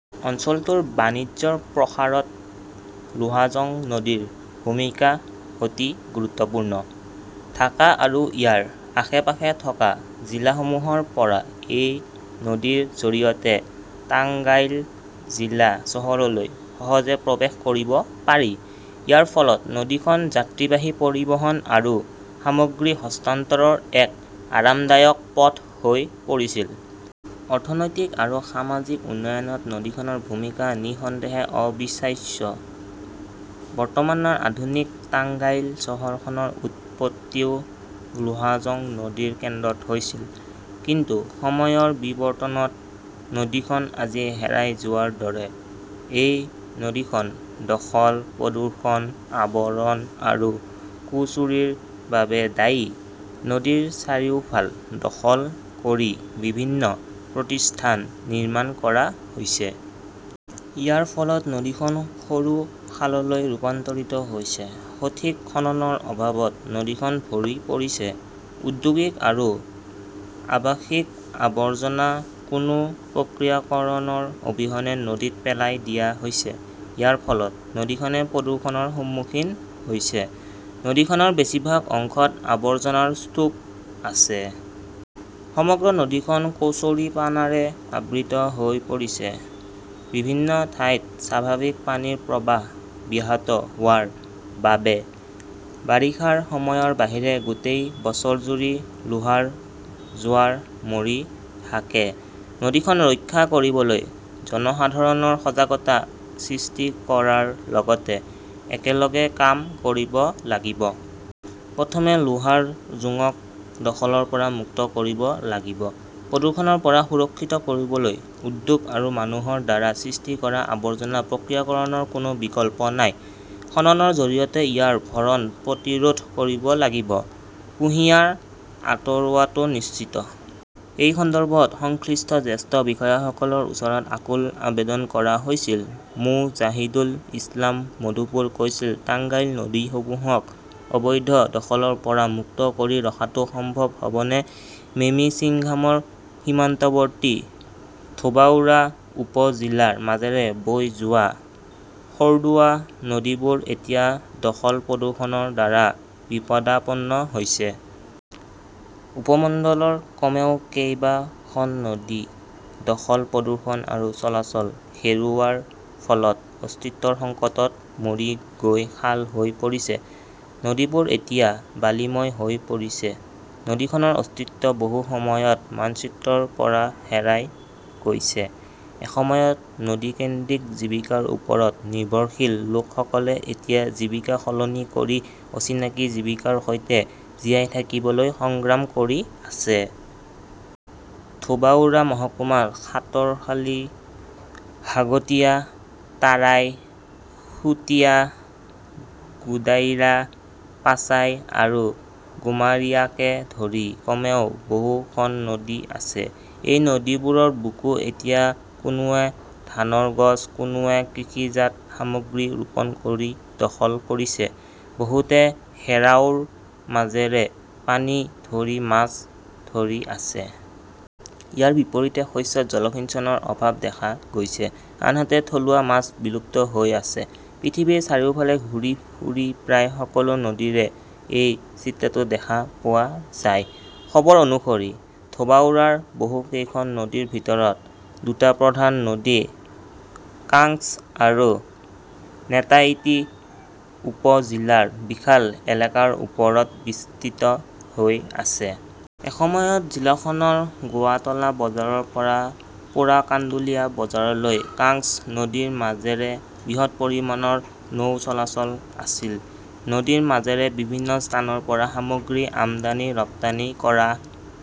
অঞ্চলটোৰ বাণিজ্যৰ প্ৰসাৰত লোহাজং নদীৰ ভূমিকা অতি গুৰুত্বপূৰ্ণ। ঢাকা আৰু ইয়াৰ আশে-পাশে থকা জিলাসমূহৰ পৰা এই নদীৰ জৰিয়তে টাঙ্গাইল জিলা চহৰলৈ সহজে প্ৰৱেশ কৰিব পাৰি। ইয়াৰ ফলত নদীখন যাত্ৰীবাহী পৰিবহণ আৰু সামগ্ৰী হন্তাতৰৰ এক আৰামদায়ক পথ হৈ পৰিছিল। অৰ্থনৈতিক আৰু সামাজিক উন্নয়নত নদীখনৰ ভূমিকা নিঃসন্দেহে অবিশ্বাস্য। বৰ্তমানৰ আধুনিক টাঙ্গাইল চহৰখনৰ উৎপত্তিও লোহাজং নদীৰ কেন্দ্ৰত হৈছিল। কিন্তু সময়ৰ বিবৰ্তনত নদীখন আজি হেৰাই যোৱাৰ দৰে। এই নদীখন দখল, প্ৰদূষণ, আৱৰণ আৰু কুচুৰিৰ বাবে দায়ী। নদীৰ চাৰিওফাল দখল কৰি বিভিন্ন প্ৰতিষ্ঠান নিৰ্মাণ কৰা হৈছে। ইয়াৰ ফলত নদীখন সৰু খাললৈ ৰূপান্তৰিত হৈছে। সঠিক খননৰ অভাৱত নদীখন ভৰি পৰিছে। ঔদ্যোগিক আৰু আৱাসিক আৱৰ্জনা কোনো প্ৰক্ৰিয়াকৰণৰ অবিহনে নদীত পেলাই দিয়া হৈছে। ইয়াৰ ফলত নদীখনে প্ৰদূষণৰ সন্মুখীন হৈছে। নদীখনৰ বেছিভাগ অংশত আৱৰ্জনাৰ স্তূপ আছে। সমগ্ৰ নদীখন কচৌৰিপানাৰে আবৃত হৈ পৰিছে। বিভিন্ন ঠাইত স্বাভাৱিক পানীৰ প্ৰৱাহ ব্যাহত হোৱাৰ বাবে বাৰিষাৰ সময়ৰ বাহিৰে গোটেই বছৰজুৰি লোহাৰ জোৱাৰ মৰি থাকে। নদীখন ৰক্ষা কৰিবলৈ জনসাধাৰণৰ সজাগতা সৃষ্টি কৰাৰ লগতে একেলগে কাম কৰিব লাগিব। প্ৰথমে লোহাৰ জোঙক দখলৰ পৰা মুক্ত কৰিব লাগিব। প্ৰদূষণৰ পৰা সুৰক্ষিত কৰিবলৈ উদ্যোগ আৰু মানুহৰ দ্বাৰা সৃষ্টি কৰা আৱৰ্জনা প্ৰক্ৰিয়াকৰণৰ কোনো বিকল্প নাই। খননৰ জৰিয়তে ইয়াৰ ভৰণ প্ৰতিৰোধ কৰিব লাগিব। কুঁহিয়াৰ আঁতৰোৱাটো নিশ্চিত। এই সন্দৰ্ভত সংশ্লিষ্ট জ্যেষ্ঠ বিষয়াসকলৰ ওচৰত আকুল আবেদন কৰা হৈছিল। মো. জাহিদুল ইছলাম মধুপুৰ কৈছিল টাঙ্গাইল নদীসমূহক অবৈধ দখলৰ পৰা মুক্ত কৰি ৰখাটো সম্ভৱ হ'বনে? মেমিন্সিংহামৰ সীমান্তৱৰ্তী ধোবাউৰা উপ-জিলাৰ মাজেৰে বৈ যোৱা খৰ্দুৱা নদীবোৰ এতিয়া দখল-প্ৰদূষণৰ দ্বাৰা বিপদাপন্ন হৈছে। উপমণ্ডলৰ কমেও কেইবা খন নদী দখল, প্ৰদূষণ আৰু চলাচল হেৰুওৱাৰ ফলত অস্তিত্বৰ সংকটত মৰি গৈ খাল হৈ পৰিছে। নদীবোৰ এতিয়া বালিময় হৈ পৰিছে। নদীখনৰ অস্তিত্ব বহু সময়ত মানচিত্ৰৰ পৰা হেৰাই গৈছে। এসময়ত নদী-কেন্দ্ৰিক জীৱিকাৰ ওপৰত নিৰ্ভৰশীল লোকসকলে এতিয়া জীৱিকা সলনি কৰি অচিনাকি জীৱিকাৰ সৈতে জীয়াই থাকিবলৈ সংগ্ৰাম কৰি আছে। ধোবাউৰা মহকুমাত সাতৰখালী, ঘাগটিয়া, তাৰাই, সুতিয়া, গুদাইৰা, পাচাই আৰু গুমাৰিয়াকে ধৰি কমেও বহু খন নদী আছে। এই নদীবোৰৰ বুকু এতিয়া কোনোৱে ধানৰ গছ, কোনোৱে কৃষিজাত সামগ্ৰী ৰোপণ কৰি দখল কৰিছে। বহুতে ঘেৰাওৰ মাজেৰে পানী ধৰি মাছ ধৰি আছে। ইয়াৰ বিপৰীতে শস্যত জলসিঞ্চনৰ অভাৱ দেখা গৈছে, আনহাতে থলুৱা মাছ বিলুপ্ত হৈ আছে। পৃথিৱীৰ চাৰিওফালে ঘূৰি ফুৰি প্ৰায় সকলো নদীৰে এই চিত্ৰটো দেখা পোৱা যায়। খবৰ অনুসৰি, ধোবাউৰাৰ বহু কেইখন নদীৰ ভিতৰত দুটা প্ৰধান নদী কাংছ আৰু নেতায়িতি উপ জিলাৰ বিশাল এলেকাৰ ওপৰত বিস্তৃত হৈ আছে। এসময়ত জিলাখনৰ গোৱাটলা বজাৰৰ পৰা পোৰাকাণ্ডুলিয়া বজাৰলৈ কাংছ নদীৰ মাজেৰে বৃহৎ পৰিমাণৰ নৌ চলাচল আছিল। নদীৰ মাজেৰে বিভিন্ন স্থানৰ পৰা সামগ্ৰী আমদানি-ৰপ্তানি কৰা